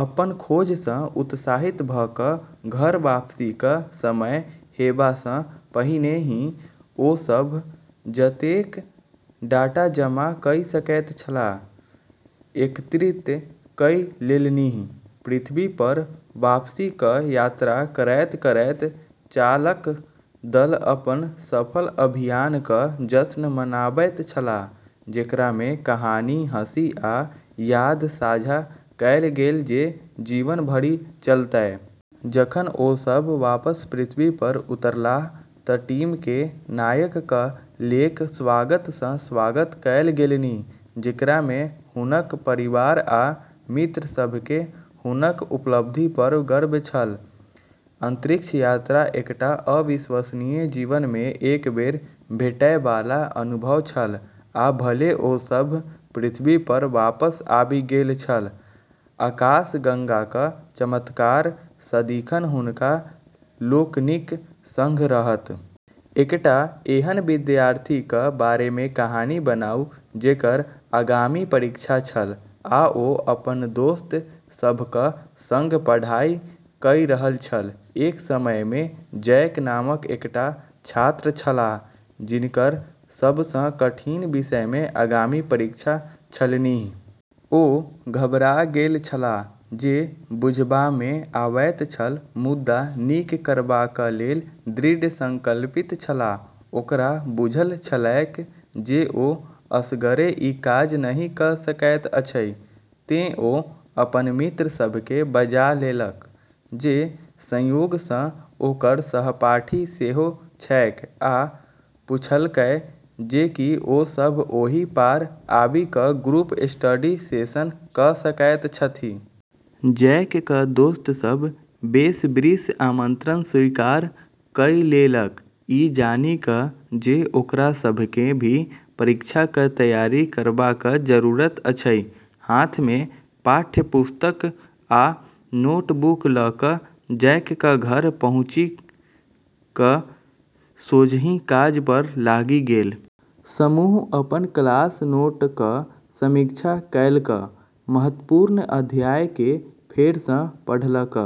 अपन खोजसँ उत्साहित भऽ कऽ घर वापसीक समय हेबासँ पहिने ही ओ सभ जतेक डाटा जमा कइ सकैत छलाह, एकत्रित कइ लेलन्हि। पृथ्वीपर वापसीक यात्रा करैत-करैत चालक दल अपन सफल अभियानक जश्न मनाबैत छलाह, जेकरामे कहानी, हँसी, आ याद साझा कएल गेल जे जीवन भरि चलतै। जखन ओ सभ वापस पृथ्वीपर उतरलाह तँ टीमकेँ नायकक लेक स्वागतसँ स्वागत कएल गेलन्हि, जेकरामे हुनक परिवार आ मित्र सभकेँ हुनक उपलब्धिपर गर्व छल। अंतरिक्ष यात्रा एकटा अविश्वसनीय, जीवनमे एक बेर भेटैबाला अनुभव छल, आ भले ओ सभ पृथ्वीपर वापस आबि गेल छल, आकाशगंगाक चमत्कार सदिखन हुनका लोकनिक संग रहत। एकटा एहन विद्यार्थीक बारेमे कहानी बनाउ जेकर आगामी परीक्षा छल आ ओ अपन दोस्त सभक संग पढ़ाई कइ रहल छल। एक समयमे जैक नामक एकटा छात्र छलाह जिनकर सबसँ कठिन विषयमे आगामी परीक्षा छलन्हि। ओ घबरा गेल छलाह से बुझबामे आवैत छल, मुदा नीक करबाकलेल दृढ़ संकल्पित छलाह। ओकरा बुझल छलैक जे ओ असगरे ई काज नहि कऽ सकैत अछि, तें ओ अपन मित्र सभकेँ बजा लेलक, जे संयोगसँ ओकर सहपाठी सेहो छैक, आ पुछलकै जे की ओ सभ ओही पार आबि कऽ ग्रुप स्टडी सेशन कऽ सकैत छथि। जैकक दोस्त सभ बेसब्रीसँ आमंत्रण स्वीकार कइ लेलक, ई जानि कऽ जे ओकरा सभकेँ भी परीक्षाक तैयारी करबाक जरूरत अछि। हाथमे पाठ्यपुस्तक आ नोटबुक लऽ कऽ जैकक घर पहुँकि सोझहि काजपर लागि गेल। समूह अपन क्लास नोटक समीक्षा कएलक, महत्वपूर्ण अध्यायकेँ फेरसँ पढ़लक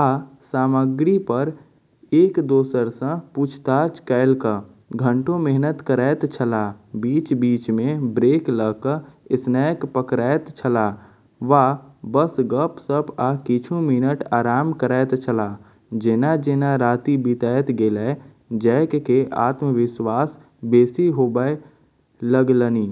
आ सामग्रीपर एक दोस्रासँ पूछताछ कएलक। घंटों मेहनत करैत छलाह, बीच-बीचमे ब्रेक लऽ कऽ स्नैक पकड़ैत छलाह वा बस गप्प-सप्प आ किछु मिनट आराम करैत छलाह। जेना-जेना राति बीतैत गेलै, जैककेँ आत्मविश्वास बेसी होबए लगलनि।